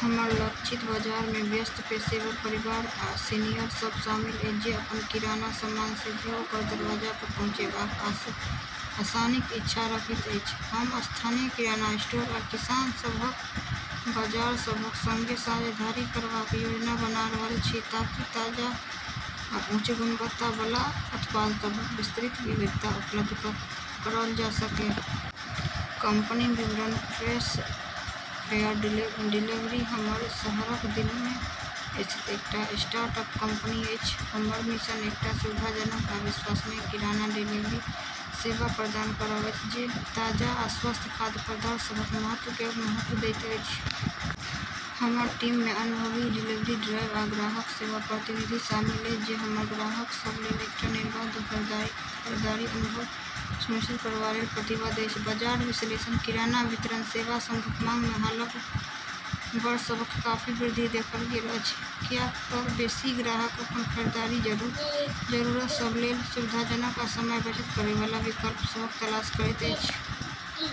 हमर लक्षित बाजार मे व्यस्त पेशेवर, परिवार, आ सीनियर सभ शामिल अछि जे अपन किराना सामान सीधे ओकर दरवाजा पर पहुँचैबाक आसानीक इच्छा रखैत अछि। हम स्थानीय किराना स्टोर आ किसान सभक बाजार सभक संगे साझेदारी करबाक योजना बना रहल छी ताकि ताजा आ उच्च गुणवत्ता बला उत्पाद सभक विस्तृत विविधता उपलब्ध कराओल जा सकए। कंपनी विवरण: फ्रेश फेयर डिलीवरी हमर शहरक दिल मे स्थित एकटा स्टार्टअप कंपनी अछि। हमर मिशन एकटा सुविधाजनक आ विश्वसनीय किराना डिलीवरी सेवा प्रदान करब अछि जे ताजा आ स्वस्थ खाद्य पदार्थ सभक महत्व केँ महत्व दैत अछि। हमर टीम मे अनुभवी डिलीवरी ड्राइवर आ ग्राहक सेवा प्रतिनिधि शामिल अछि जे हमर ग्राहक सभ लेल एकटा निर्बाध खरीदारी अनुभव सुनिश्चित करबा लेल प्रतिबद्ध अछि। बाजार विश्लेषण: किराना वितरण सेवा सभक मांग मे हालक वर्ष सभ मे काफी वृद्धि देखल गेल अछि, कियाक तँ बेसी ग्राहक अपन खरीदारीक जरूरत सभ लेल सुविधाजनक आ समयक बचत करै बला विकल्प सभक तलाश करैत अछि।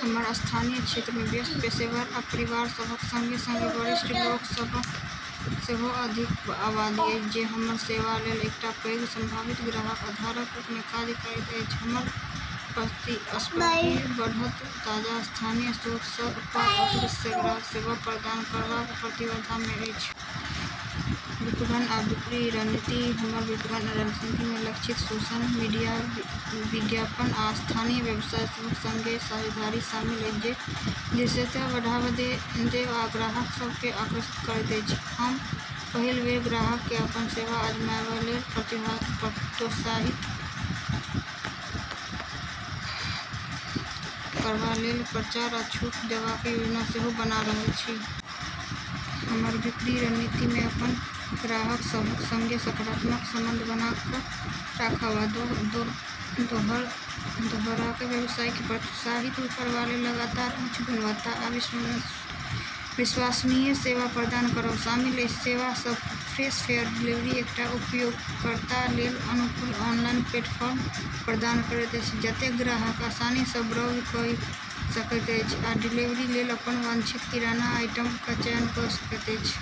हमर स्थानीय क्षेत्र मे व्यस्त पेशेवर आ परिवार सभक संगे-संगे वरिष्ठ लोक सभक सेहो अधिक आबादी अछि, जे हमर सेवा लेल एकटा पैघ संभावित ग्राहक आधारक रूप मे काज करैत अछि। हमर प्रतिस्पर्धी बढ़त ताजा, स्थानीय स्रोत सँ उत्पाद आ उत्कृष्ट ग्राहक सेवा प्रदान करबाक प्रतिबद्धता मे अछि। विपणन आ बिक्री रणनीति: हमर विपणन रणनीति मे लक्षित सोशल मीडिया विज्ञापन आ स्थानीय व्यवसाय सभक संगे साझेदारी शामिल अछि जे दृश्यता बढ़ावा देब आ ग्राहक सभ केँ आकर्षित करैत अछि। हम पहिल बेर ग्राहक केँ अपन सेवा आजमाबए लेल प्रोत्साहित करबा लेल प्रचार आ छूट देबाक योजना सेहो बना रहल छी। हमर बिक्री रणनीति मे अपन ग्राहक सभक संगे सकारात्मक संबंध बना कऽ रखब आ दोहरा व्यवसाय केँ प्रोत्साहित करबा लेल लगातार उच्च गुणवत्ता आ विश्वसनीय सेवा प्रदान करब शामिल अछि। सेवा सभ: फ्रेश फेयर डिलीवरी एकटा उपयोगकर्ता लेल अनुकूल ऑनलाइन प्लेटफॉर्म प्रदान करैत अछि जतए ग्राहक आसानी सँ ब्राउज़ कइ सकैत अछि आ डिलीवरी लेल अपन वांछित किराना आइटम क चयन कइ सकैत अछि।